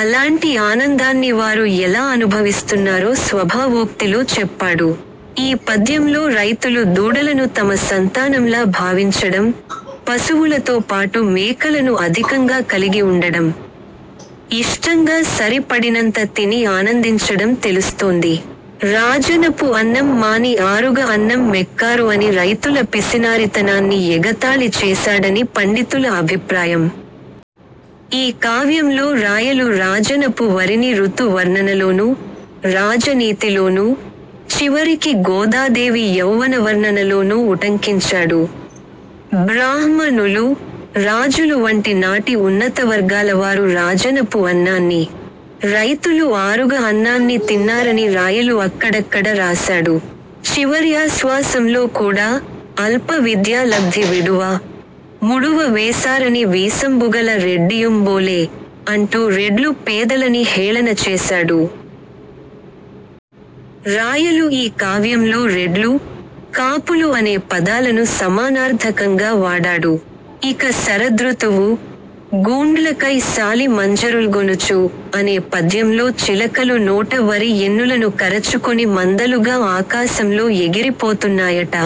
అలాంటి ఆనందాన్ని వారు ఎలా అనుభవిస్తున్నారో స్వభావోక్తిలో చెప్పాడు. ఈ పద్యంలో రైతులు దూడలను తమ సంతానంలా భావించడం, పశువులతో పాటు మేకలను అధికంగా కలిగి ఉండడం, ఇష్టంగా సరి పడినంత తిని ఆనందించడం తెలుస్తోంది. రాజనపు అన్నం మాని ఆరుగ అన్నం మెక్కారు అని రైతుల పిసినారితనాన్ని ఎగతాళి చేశాడని పండితుల అభిప్రాయం. ఈ కావ్యంలో రాయలు రాజనపు వరిని ఋతు వర్ణనలోను, రాజనీతిలోను, చివరికి గోదాదేవి యౌవనవర్ణనలోనూ ఉటంకించాడు. బ్రాహ్మ ణులు, రాజులు వంటి నాటి ఉన్నతవర్గాలవారు రాజనపు అన్నాన్ని, రైతులు ఆరుగ అన్నాన్ని తిన్నారని రాయలు అక్కడక్కడ రాశాడు. చివరిఆశ్వాసంలో కూడా ''అల్ప విద్యా లబ్ధి విడువ, ముడువ వేసారని వీసంబుగల రెడ్డియుంబోలె'' అంటూ రెడ్లు పేదలని హేళనచేశాడు. రాయలు ఈ కావ్యంలో రెడ్లు, కాపులు అనే పదాలను సమానార్థకంగా వాడాడు. ఇక శరదృతువు-- ''గూండ్లకై శాలి మంజరుల్గొనుచు'' అనే పద్యంలో చిలకలు నోట వరి ఎన్నులను కరచుకొని మందలుగా ఆకాశంలో ఎగిరిపోతున్నాయట.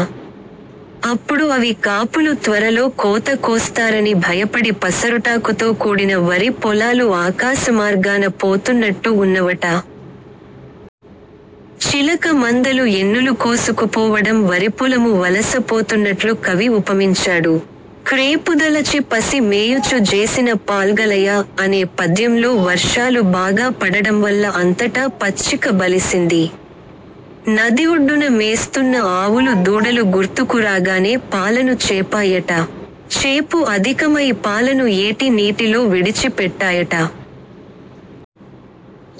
అప్పుడు అవి కాపులు త్వరలో కోత కోస్తారని భయపడి పసరుటాకుతో కూడిన వరి పొలాలు ఆకాశమార్గాన పోతున్నట్టు ఉన్నవట. చిలక మందలు ఎన్నులుకోసుకుపోవడం వరిపొలము వలసపోతున్నట్లు కవి ఉపమించాడు. ''క్రేపుదలచి పసి మేయుచు జేసిన పాల్గలయ'', అనే పద్యంలో వర్షాలు బాగా పడడంవల్ల అంతటా పచ్చిక బలిసింది. నదిఒడ్డున మేస్తున్న ఆవులు దూడలు గుర్తుకు రాగానే పాలను చేపా యట. చేపు అధికమై పాలను ఏటి నీటిలో విడిచి పెట్టాయట.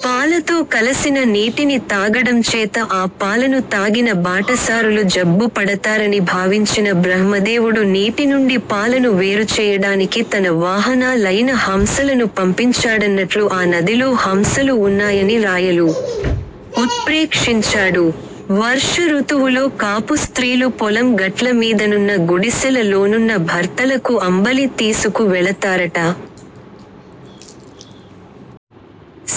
పాలతో కలసిన నీటిని తాగడం చేత ఆ పాలను తాగిన బాటసారులు జబ్బు పడతారని భావించిన బ్రహ్మదేవుడు నీటినుండి పాలను వేరుచేయడానికి తన వాహనా లయిన హంసలను పంపించాడన్నట్లు ఆ నదిలో హంసలు ఉన్నాయని రాయలు ఉత్ర్పేక్షించాడు. వర్ష ఋతువులో కాపు స్త్రీలు పొలం గట్ల మీదనున్న గుడిసెల లోనున్న భర్తలకు అంబలి తీసుకు వెళతారట.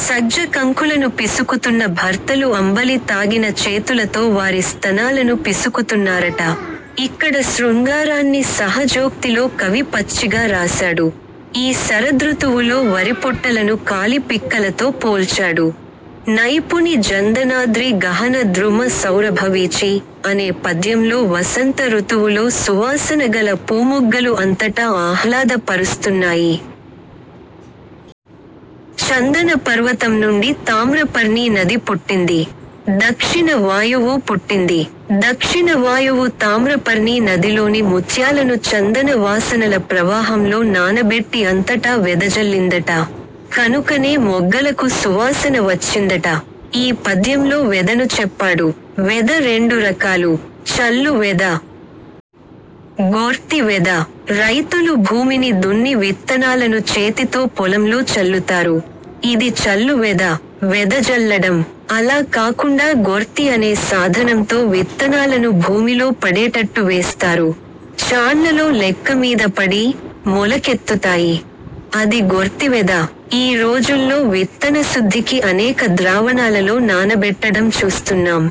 సజ్జ కంకులను పిసుకుతున్న భర్తలు అంబలి తాగిన చేతులతో వారి స్తనాలను పిసుకుతున్నారట. ఇక్కడ శృంగారాన్ని సహజోక్తిలో కవి పచ్చిగా రాశాడు. ఈ శరదృతువులో వరిపొట్టలను కాలి పిక్కలతో పోల్చాడు. ''నైపుణి జందనాద్రి గహన ద్రుమ సౌరభవీచి '' అనే పద్యంలో వసంత ఋతువులో సువాసన గల పూమొగ్గలు అంతటా ఆహ్లాద పరుస్తున్నాయి. చందన పర్వతం నుండి తామ్రపర్ణీ నది పుట్టింది. దక్షిణ వాయువూ పుట్టింది. దక్షిణ వాయువు తామ్రపర్ణీ నదిలోని ముత్యాలను చందన వాసనల ప్రవాహంలో నానబెట్టి అంతటా వెదజల్లిందట. కనుకనే మొగ్గలకు సువాసన వచ్చిందట. ఈ పద్యంలో వెదను చెప్పాడు. వెద రెండు రకాలు. చల్లు వెద. గొర్తి వెద. రైతులు భూమిని దున్ని విత్తనాలను చేతితో పొలంలో చల్లుతారు. ఇది చల్లు వెద. వెదజల్లడం. అలా కాకుండా గొర్తి అనే సాధనంతో విత్తనాలను భూమిలో పడేటట్టు వేస్తారు. చాళ్లలో లెక్క మీద పడి, మొలకెత్తుతాయి. అది గొర్తివెద. ఈ రోజుల్లో విత్తనశుద్ధికి అనేక ద్రావణాలలో నానబెట్టడం చూస్తున్నాం.